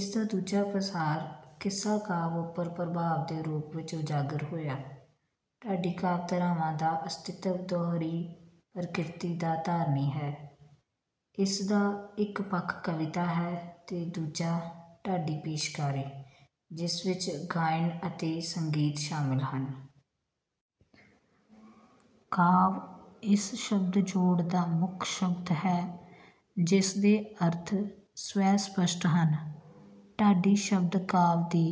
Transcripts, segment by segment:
ਇਸ ਦਾ ਦੂਜਾ ਪਸਾਰ ਕਿੱਸਾ-ਕਾਵਿ ਉੱਪਰ ਪ੍ਰਭਾਵ ਦੇ ਰੂਪ ਵਿੱਚ ਉਜਾਗਰ ਹੋਇਆ। ਢਾਡੀ ਕਾਵਿ-ਧਾਰਾ ਦਾ ਅਸਤਿਤਵ ਦੂਹਰੀ ਪ੍ਰਕਿਰਤੀ ਦਾ ਧਾਰਨੀ ਹੈ। ਇਸ ਦਾ ਇੱਕ ਪੱਖ ਕਵਿਤਾ ਹੈ ਤੇ ਦੂਜਾ ਢਾਡੀ ਪੇਸ਼ਕਾਰੀ, ਜਿਸ ਵਿੱਚ ਗਾਇਨ ਅਤੇ ਸੰਗੀਤ ਸ਼ਾਮਲ ਹਨ। ‘ਕਾਵਿ’ ਇਸ ਸ਼ਬਦ-ਜੋੜ ਦਾ ਮੁੱਖ ਸ਼ਬਦ ਹੈ, ਜਿਸ ਦੇ ਅਰਥ ਸਵੈ-ਸਪੱਸ਼ਟ ਹਨ। ‘ਢਾਡੀ’ ਸ਼ਬਦ ਕਾਵਿ ਦੀ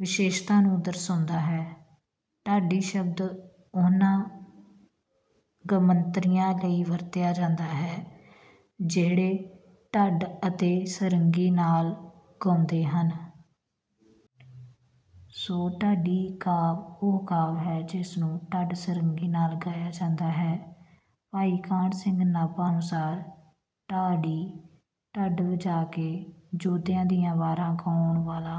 ਵਿਸ਼ੇਸ਼ਤਾ ਨੂੰ ਦਰਸਾਉਂਦਾ ਹੈ। ਢਾਡੀ ਸ਼ਬਦ ਉਨ੍ਹਾਂ ਗਮੰਤਰੀਆਂ ਲਈ ਵਰਤਿਆ ਜਾਂਦਾ ਹੈ, ਜਿਹੜੇ ਢੱਡ ਅਤੇ ਸਾਰੰਗੀ ਨਾਲ ਗਾਉਂਦੇ ਹਨ। ਸੋ, ਢਾਡੀ ਕਾਵਿ ਉਹ ਕਾਵਿ ਹੈ, ਜਿਸ ਨੂੰ ਢੱਡ-ਸਾਰੰਗੀ ਨਾਲ ਗਾਇਆ ਜਾਂਦਾ ਹੈ। ਭਾਈ ਕਾਨ੍ਹ ਸਿੰਘ ਨਾਭਾ ਅਨੁਸਾਰ, “ਢਾਢੀ—ਢੱਡ ਵਜਾ ਕੇ ਯੋਧਿਆਂ ਦੀਆਂ ਵਾਰਾਂ ਗਾਉਣ ਵਾਲਾ;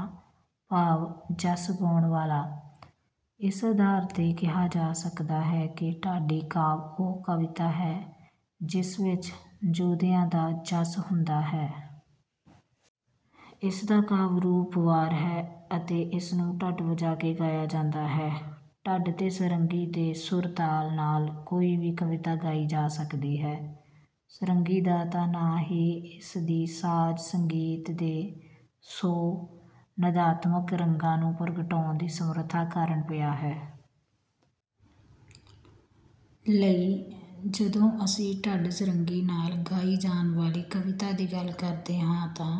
ਭਾਵ, ਜਸ ਗਾਉਣ ਵਾਲਾ।”ਇਸ ਆਧਾਰ ’ਤੇ ਕਿਹਾ ਜਾ ਸਕਦਾ ਹੈ ਕਿ ਢਾਡੀ ਕਾਵਿ ਉਹ ਕਵਿਤਾ ਹੈ, ਜਿਸ ਵਿੱਚ ਯੋਧਿਆਂ ਦਾ ਜਸ ਹੁੰਦਾ ਹੈ। ਇਸ ਦਾ ਕਾਵਿ-ਰੂਪ ‘ਵਾਰ’ ਹੈ ਅਤੇ ਇਸ ਨੂੰ ਢੱਡ ਵਜਾ ਕੇ ਗਾਇਆ ਜਾਂਦਾ ਹੈ। ਢੱਡ ਤੇ ਸਾਰੰਗੀ ਦੇ ਸੁਰ-ਤਾਲ ਨਾਲ ਕੋਈ ਵੀ ਕਵਿਤਾ ਗਾਈ ਜਾ ਸਕਦੀ ਹੈ। ਸਾਰੰਗੀ ਦਾ ਤਾਂ ਨਾਂ ਹੀ ਇਸ ਦੀ ਸਾਜ਼-ਸੰਗੀਤ ਦੇ ਸੌ ਨਾਦਾਤਮਕ ਰੰਗਾਂ ਨੂੰ ਪ੍ਰਗਟਾਉਣ ਦੀ ਸਮਰੱਥਾ ਕਾਰਨ ਪਿਆ ਹੈ। ਲਈ, ਜਦੋਂ ਅਸੀਂ ਢੱਡ-ਸਾਰੰਗੀ ਨਾਲ ਗਾਈ ਜਾਣ ਵਾਲੀ ਕਵਿਤਾ ਦੀ ਗੱਲ ਕਰਦੇ ਹਾਂ ਤਾਂ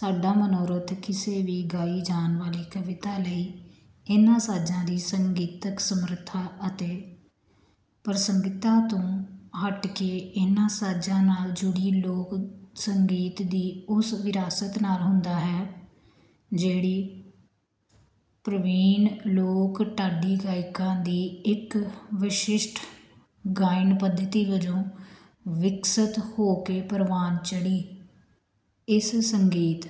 ਸਾਡਾ ਮਨੋਰਥ ਕਿਸੇ ਵੀ ਗਾਈ ਜਾਣ ਵਾਲੀ ਕਵਿਤਾ ਲਈ ਇਨ੍ਹਾਂ ਸਾਜ਼ਾਂ ਦੀ ਸੰਗੀਤਕ ਸਮਰੱਥਾ ਅਤੇ ਪ੍ਰਸੰਗਿਕਤਾ ਤੋਂ ਹਟ ਕੇ ਇਨ੍ਹਾਂ ਸਾਜ਼ਾਂ ਨਾਲ ਜੁੜੀ ਲੋਕ-ਸੰਗੀਤ ਦੀ ਉਸ ਵਿਰਾਸਤ ਨਾਲ ਹੁੰਦਾ ਹੈ, ਜਿਹੜੀ ਪ੍ਰਵੀਣ ਲੋਕ-ਢਾਡੀ ਗਾਇਕਾਂ ਦੀ ਇੱਕ ਵਿਸ਼ਿਸ਼ਟ ਗਾਇਣ-ਪੱਧਤੀ ਵਜੋਂ ਵਿਕਸਿਤ ਹੋ ਕੇ ਪ੍ਰਵਾਨ ਚੜ੍ਹੀ। ਇਸ ਸੰਗੀਤ…